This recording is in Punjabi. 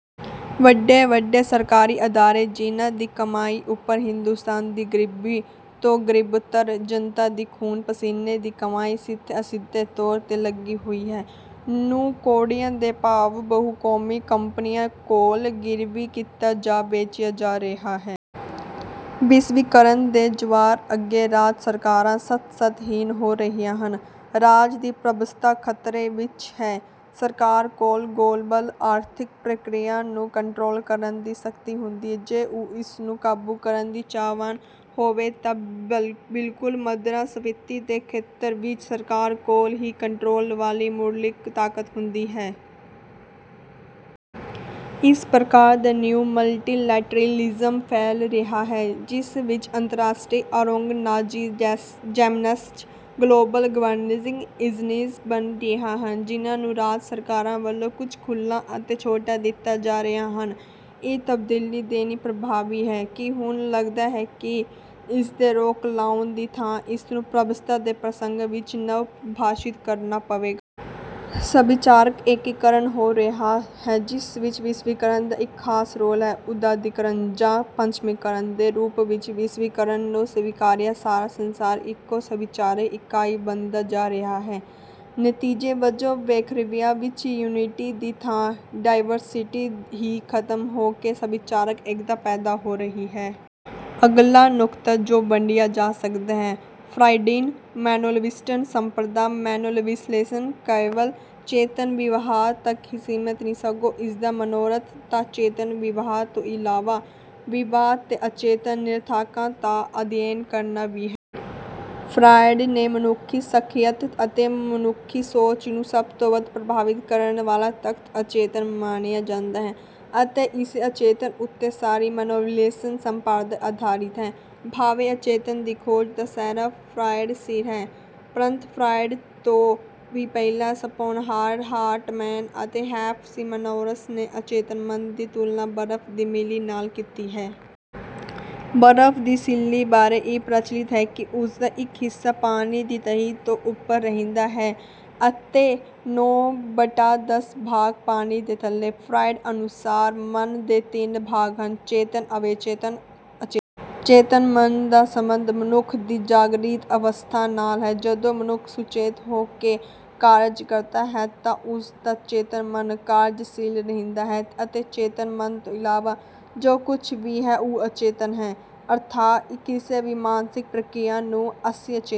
ਵੱਡੇ-ਵੱਡੇ ਸਰਕਾਰੀ ਅਦਾਰੇ ਜਿਨ੍ਹਾਂ ਦੀ ਕਮਾਈ ਉੱਪਰ ਹਿੰਦੋਸਤਾਨ ਦੀ ਗਰੀਬ ਤੋਂ ਗਰੀਬਤਰ ਜਨਤਾ ਦੀ ਖੂਨ ਪਸੀਨੇ ਦੀ ਕਮਾਈ ਸਿੱਧੇ-ਅਸਿੱਧੇ ਤੌਰ ਤੇ ਲੱਗੀ ਹੋਈ ਹੈ, ਨੂੰ ਕੌਡੀਆਂ ਦੇ ਭਾਅ ਬਹੁ-ਕੌਮੀ ਕੰਪਨੀਆਂ ਕੋਲ ਗਿਰਵੀ ਕੀਤਾ ਜਾਂ ਵੇਚਿਆ ਜਾ ਰਿਹਾ ਹੈ। ਵਿਸ਼ਵੀਕਰਨ ਦੇ ਜਵਾਰ ਅੱਗੇ ਰਾਜ ਸਰਕਾਰਾਂ ਸੱਤ-ਸੱਤ ਹੀਣ ਹੋ ਰਹੀਆਂ ਹਨ। ਰਾਜ ਦੀ ਪ੍ਰਭੂਸੱਤਾ ਖਤਰੇ ਵਿੱਚ ਹੈ। ਸਰਕਾਰ ਕੋਲ ਗਲੋਬਲ ਆਰਥਿਕ ਪ੍ਰਕਿਰਿਆ ਨੂੰ ਕੰਟਰੋਲ ਕਰਨ ਦੀ ਸ਼ਕਤੀ ਹੁੰਦੀ ਹੈ, ਜੇ ਉਹ ਇਸ ਨੂੰ ਕਾਬੂ ਕਰਨ ਦੀ ਚਾਹਵਾਨ ਹੋਵੇ ਤਾਂ ਬਲਕਿ ਮੁਦਰਾ ਸਫੀਤੀ ਦੇ ਖੇਤਰ ਵਿੱਚ ਸਰਕਾਰ ਕੋਲ ਹੀ ਕੰਟਰੋਲ ਵਾਲੀ ਮੁਢਲੀ ਤਾਕਤ ਹੁੰਦੀ ਹੈ। ਇਸ ਪ੍ਰਕਾਰ ਦਾ ਨਿਊ ਮਲਟੀਲੇਟਰੇਲਿਜ਼ਮ ਫੈਲ ਰਿਹਾ ਹੈ, ਜਿਸ ਵਿੱਚ ਅੰਤਰਾਸ਼ਟਰੀ ਔਰਗਨਾਈਜੇਸ਼ਨਜ਼, ਗਲੋਬਲ ਗਵਰਨਿੰਗ ਏਜੰਸੀਜ਼ ਬਣ ਰਹੀਆਂ ਹਨ, ਜਿਨ੍ਹਾਂ ਨੂੰ ਰਾਜ ਸਰਕਾਰਾਂ ਵੱਲੋਂ ਕੁਝ ਖੁੱਲਾਂ ਅਤੇ ਛੋਟਾਂ ਦਿੱਤੀਆਂ ਜਾ ਰਹੀਆਂ ਹਨ। ਇਹ ਤਬਦੀਲੀ ਦੇਣੀ ਪ੍ਰਭਾਵੀ ਹੈ ਕਿ ਹੁਣ ਲਗਦਾ ਹੈ ਕਿ ਇਸ ਤੇ ਰੋਕ ਲਾਉਣ ਦੀ ਥਾਂ ਇਸ ਨੂੰ ਪ੍ਰਭੂਸੱਤਾ ਦੇ ਪ੍ਰਸੰਗ ਵਿੱਚ ਨਵ ਪਰਿਭਾਸ਼ਿਤ ਕਰਨਾ ਪਵੇਗਾ। ਸਭਿਆਚਾਰਕ ਏਕੀਕਰਨ ਹੋ ਰਿਹਾ ਹੈ ਜਿਸ ਵਿੱਚ ਵਿਸ਼ਵੀਕਰਨ ਦਾ ਇੱਕ ਖਾਸ ਰੋਲ ਹੈ। ਉਦਾਰੀਕਰਨ ਜਾਂ ਪੱਛਮੀਕਰਨ ਦੇ ਰੂਪ ਵਿੱਚ ਵਿਸ਼ਵੀਕਰਨ ਨੂੰ ਸਵੀਕਾਰਦਿਆਂ ਸਾਰਾ ਸੰਸਾਰ ਇਕੋ ਸਭਿਆਚਾਰਕ ਇਕਾਈ ਬਣਦਾ ਜਾ ਰਿਹਾ ਹੈ। ਨਤੀਜੇ ਵਜੋਂ ਵਖਰੇਵਿਆਂ ਵਿੱਚ ਯੂਨਿਟੀ ਦੀ ਥਾਂ ਡਾਇਵਰਸਿਟੀ ਹੀ ਖਤਮ ਹੋ ਕੇ ਸਭਿਆਚਾਰਕ ਏਕਤਾ ਪੈਦਾ ਹੋ ਰਹੀ ਹੈ। ਅਗਲਾ ਨੁਕਤਾ ਜੋ ਵੰਡਿਆ ਜਾ ਸਕਦਾ ਹੈ ਫਰਾਇਡੀਅਨ ਮਨੋਵਿਸ਼ਲੇਸ਼ਣ ਸੰਪਰਦਾ। ਮਨੋਵਿਸ਼ਲੇਸ਼ਣ ਕੇਵਲ ਚੇਤਨ ਵਿਵਹਾਰ ਤੱਕ ਹੀ ਸੀਮਿਤ ਨਹੀਂ ਸਗੋਂ ਇਸਦਾ ਮਨੋਰਥ ਤਾਂ ਚੇਤਨ ਵਿਵਹਾਰ ਤੋਂ ਇਲਾਵਾ ਵਿਵਹਾਰ ਦੇ ਅਚੇਤਨ ਨਿਰਧਾਰਕਾਂ ਦਾ ਅਧਿਐਨ ਕਰਨਾ ਵੀ ਹੈ। ਫਰਾਇਡ ਨੇ ਮਨੁੱਖੀ ਸਖ਼ਈਅਤ ਅਤੇ ਮਨੁੱਖੀ ਸੋਚ ਨੂੰ ਸਭ ਤੋਂ ਵੱਧ ਪ੍ਰਭਾਵਿਤ ਕਰਨ ਵਾਲਾ ਤੱਥ ਅਚੇਤਨ ਮੰਨਿਆ ਜਾਂਦਾ ਹੈ ਅਤੇ ਇਸੇ ਅਚੇਤਨ ਉੱਤੇ ਸਾਰੀ ਮਨੋਵਿਸ਼ਲੇਸ਼ਣ ਸੰਪਰਦਾ ਆਧਾਰਿਤ ਹੈ। ਭਾਵੇਂ ਅਚੇਤਨ ਦੀ ਖੋਜ ਦਾ ਸਿਹਰਾ ਫਰਾਇਡ ਸਿਰ ਹੈ, ਪ੍ਰੰਤੂ ਫਰਾਇਡ ਤੋਂ ਵੀ ਪਹਿਲਾਂ ਸ਼ੋਪਨਹਾਰ, ਹਾਰਟਮੈਨ ਅਤੇ ਐਫ ਸੀ ਮਾਯਰਸ ਨੇ ਅਚੇਤਨ ਮਨ ਦੀ ਤੁਲਨਾ ਬਰਫ਼ ਦੀ ਸਿੱਲੀ ਨਾਲ ਕੀਤੀ ਸੀ। ਬਰਫ਼ ਦੀ ਸਿੱਲੀ ਬਾਰੇ ਇਹ ਪ੍ਰਚਲਿਤ ਹੈ ਕਿ ਉਸਦਾ ਇੱਕ ਹਿੱਸਾ ਪਾਣੀ ਦੀ ਤਹਿ ਤੋਂ ਉੱਪਰ ਰਹਿੰਦਾ ਹੈ ਅਤੇ ਨੌ ਬਟਾ ਦਸ ਭਾਗ ਪਾਣੀ ਦੇ ਥੱਲੇ। ਫਰਾਇਡ ਅਨੁਸਾਰ ਮਨ ਦੇ ਤਿੰਨ ਭਾਗ ਹਨ, ਚੇਤਨ, ਅਵਚੇਤਨ ਅਤੇ ਅਚੇਤਨ। ਚੇਤਨ ਮਨ ਦਾ ਸੰਬੰਧ ਮਨੁੱਖ ਦੀ ਜਾਗਰਿਤ ਅਵਸਥਾ ਨਾਲ ਹੈ। ਜਦੋਂ ਮਨੁੱਖ ਸੁਚੇਤ ਹੋ ਕੇ ਕਾਰਜ ਕਰਦਾ ਹੈ ਤਾਂ ਉਸ ਦਾ ਚੇਤਨ ਮਨ ਕਾਰਜਸ਼ੀਲ ਰਹਿੰਦਾ ਹੈ ਅਤੇ ਚੇਤਨ ਮਨ ਤੋਂ ਇਲਾਵਾ ਜੋ ਕੁੱਝ ਵੀ ਹੈ ਉਹ ਅਚੇਤਨ ਹੈ। ਅਰਥਾਤ ਕਿਸੇ ਵੀ ਮਾਨਸਿਕ ਪ੍ਰਕ੍ਰਿਆ ਨੂੰ ਅਸੀਂ ਅਚੇਤਨ